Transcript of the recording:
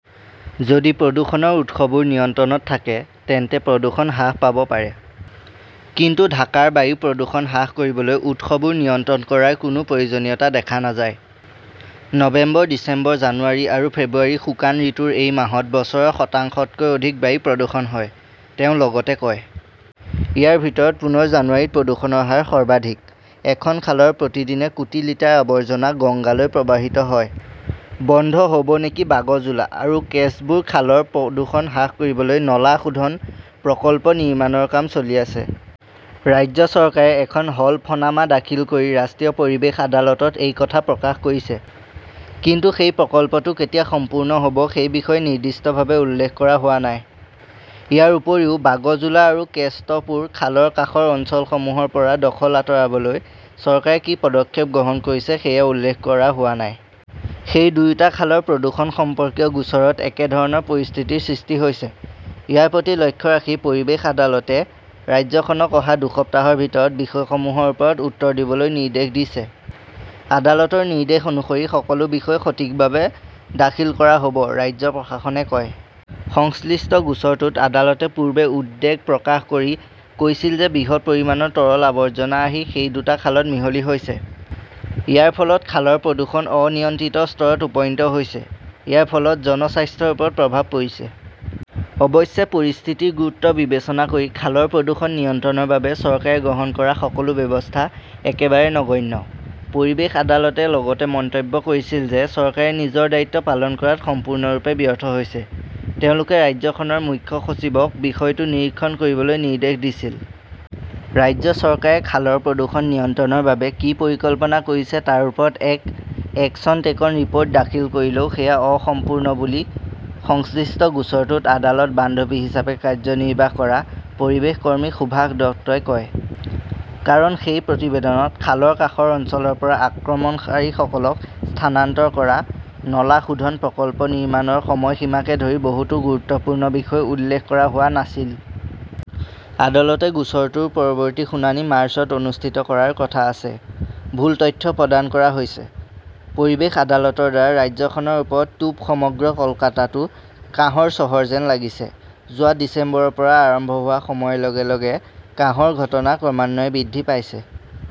যদি প্ৰদূষণৰ উৎসবোৰ নিয়ন্ত্ৰণত থাকে, তেন্তে প্ৰদূষণ হ্ৰাস পাব পাৰে। কিন্তু ঢাকাৰ বায়ু প্ৰদূষণ হ্ৰাস কৰিবলৈ উৎসবোৰ নিয়ন্ত্ৰণ কৰাৰ কোনো প্ৰয়োজনীয়তা দেখা নাযায়। "নৱেম্বৰ, ডিচেম্বৰ, জানুৱাৰী আৰু ফেব্ৰুৱাৰী-শুকান ঋতুৰ এই মাহত বছৰৰ শতাংশতকৈ অধিক বায়ু প্ৰদূষণ হয়", তেওঁ লগতে কয়। ইয়াৰ ভিতৰত পুনৰ জানুৱাৰীত প্ৰদূষণৰ হাৰ সৰ্বাধিক। "। খন খালৰ প্ৰতিদিনে কোটি লিটাৰ আৱৰ্জনা গংগালৈ প্ৰৱাহিত হয়, বন্ধ হ 'ব নেকি বাগজোলা আৰু কেষ্টপুৰ খালৰ প্ৰদূষণ হ্ৰাস কৰিবলৈ নলা শোধন প্ৰকল্প নিৰ্মাণৰ কাম চলি আছে। ৰাজ্য চৰকাৰে এখন হলফনামা দাখিল কৰি ৰাষ্ট্ৰীয় পৰিৱেশ আদালতত এই কথা প্ৰকাশ কৰিছে। কিন্তু সেই প্ৰকল্পটো কেতিয়া সম্পূৰ্ণ হ "ব সেই বিষয়ে নিৰ্দিষ্টভাৱে উল্লেখ কৰা হোৱা নাই। ইয়াৰ উপৰিও, বাগজোলা আৰু কেষ্টপুৰ খালৰ কাষৰ অঞ্চলসমূহৰ পৰা দখল আঁতৰাবলৈ চৰকাৰে কি পদক্ষেপ গ্ৰহণ কৰিছে সেয়া উল্লেখ কৰা হোৱা নাই। সেই দুয়োটা খালৰ প্ৰদূষণ সম্পৰ্কীয় গোচৰত একে ধৰণৰ পৰিস্থিতিৰ সৃষ্টি হৈছে। ইয়াৰ প্ৰতি লক্ষ্য ৰাখি পৰিৱেশ আদালতে ৰাজ্যখনক অহা দুসপ্তাহৰ ভিতৰত বিষয়সমূহৰ ওপৰত উত্তৰ দিবলৈ নিৰ্দেশ দিছে। আদালতৰ নিৰ্দেশ অনুসৰি সকলো বিষয় সঠিকভাৱে দাখিল কৰা হ "ব", ৰাজ্য প্ৰশাসনে কয়। সংশ্লিষ্ট গোচৰটোত আদালতে পূৰ্বে উদ্বেগ প্ৰকাশ কৰি কৈছিল যে বৃহৎ পৰিমাণৰ তৰল আৱৰ্জনা আহি সেই দুটা খালত মিহলি হৈছে। ইয়াৰ ফলত খালৰ প্ৰদূষণ অনিয়ন্ত্ৰিত স্তৰত উপনীত হৈছে। ইয়াৰ ফলত জনস্বাস্থ্যৰ ওপৰত প্ৰভাৱ পৰিছে। অৱশ্যে, পৰিস্থিতিৰ গুৰুত্ব বিবেচনা কৰি খালৰ প্ৰদূষণ নিয়ন্ত্ৰণৰ বাবে চৰকাৰে গ্ৰহণ কৰা সকলো ব্যৱস্থা একেবাৰে নগণ্য। পৰিৱেশ আদালতে লগতে মন্তব্য কৰিছিল যে চৰকাৰে নিজৰ দায়িত্ব পালন কৰাত সম্পূৰ্ণৰূপে ব্যৰ্থ হৈছে। তেওঁলোকে ৰাজ্যখনৰ মুখ্য সচিবক বিষয়টো নিৰীক্ষণ কৰিবলৈ নিৰ্দেশ দিছিল। ৰাজ্য চৰকাৰে খালৰ প্ৰদূষণ নিয়ন্ত্ৰণৰ বাবে কি পৰিকল্পনা কৰিছে তাৰ ওপৰত এক 'একশ্যন টেকন ৰিপ "ৰ্ট" দাখিল কৰিলেও সেয়া অসম্পূৰ্ণ বুলি সংশ্লিষ্ট গোচৰটোত আদালত-বান্ধৱী হিচাপে কাৰ্যনিৰ্বাহ কৰা পৰিৱেশ কৰ্মী সুভাষ দত্তই কয়। কাৰণ, সেই প্ৰতিবেদনত খালৰ কাষৰ অঞ্চলৰ পৰা আক্ৰমণকাৰীসকলক স্থানান্তৰ কৰা, নলা শোধন প্ৰকল্প নিৰ্মাণৰ সময়সীমাকে ধৰি বহুতো গুৰুত্বপূৰ্ণ বিষয় উল্লেখ কৰা হোৱা নাছিল। আদালতে গোচৰটোৰ পৰৱৰ্তী শুনানি মাৰ্চত অনুষ্ঠিত কৰাৰ কথা আছে। ভুল তথ্য প্ৰদান কৰা হৈছে, পৰিৱেশ আদালতৰ দ্বাৰা ৰাজ্যখনৰ ওপৰত 'তোপ' সমগ্ৰ কলকাতাটো কাহৰ চহৰ যেন লাগিছে! যোৱা ডিচেম্বৰৰ পৰা আৰম্ভ হোৱা সময়ৰ লগে লগে কাহৰ ঘটনা ক্ৰমান্বয়ে বৃদ্ধি পাইছে।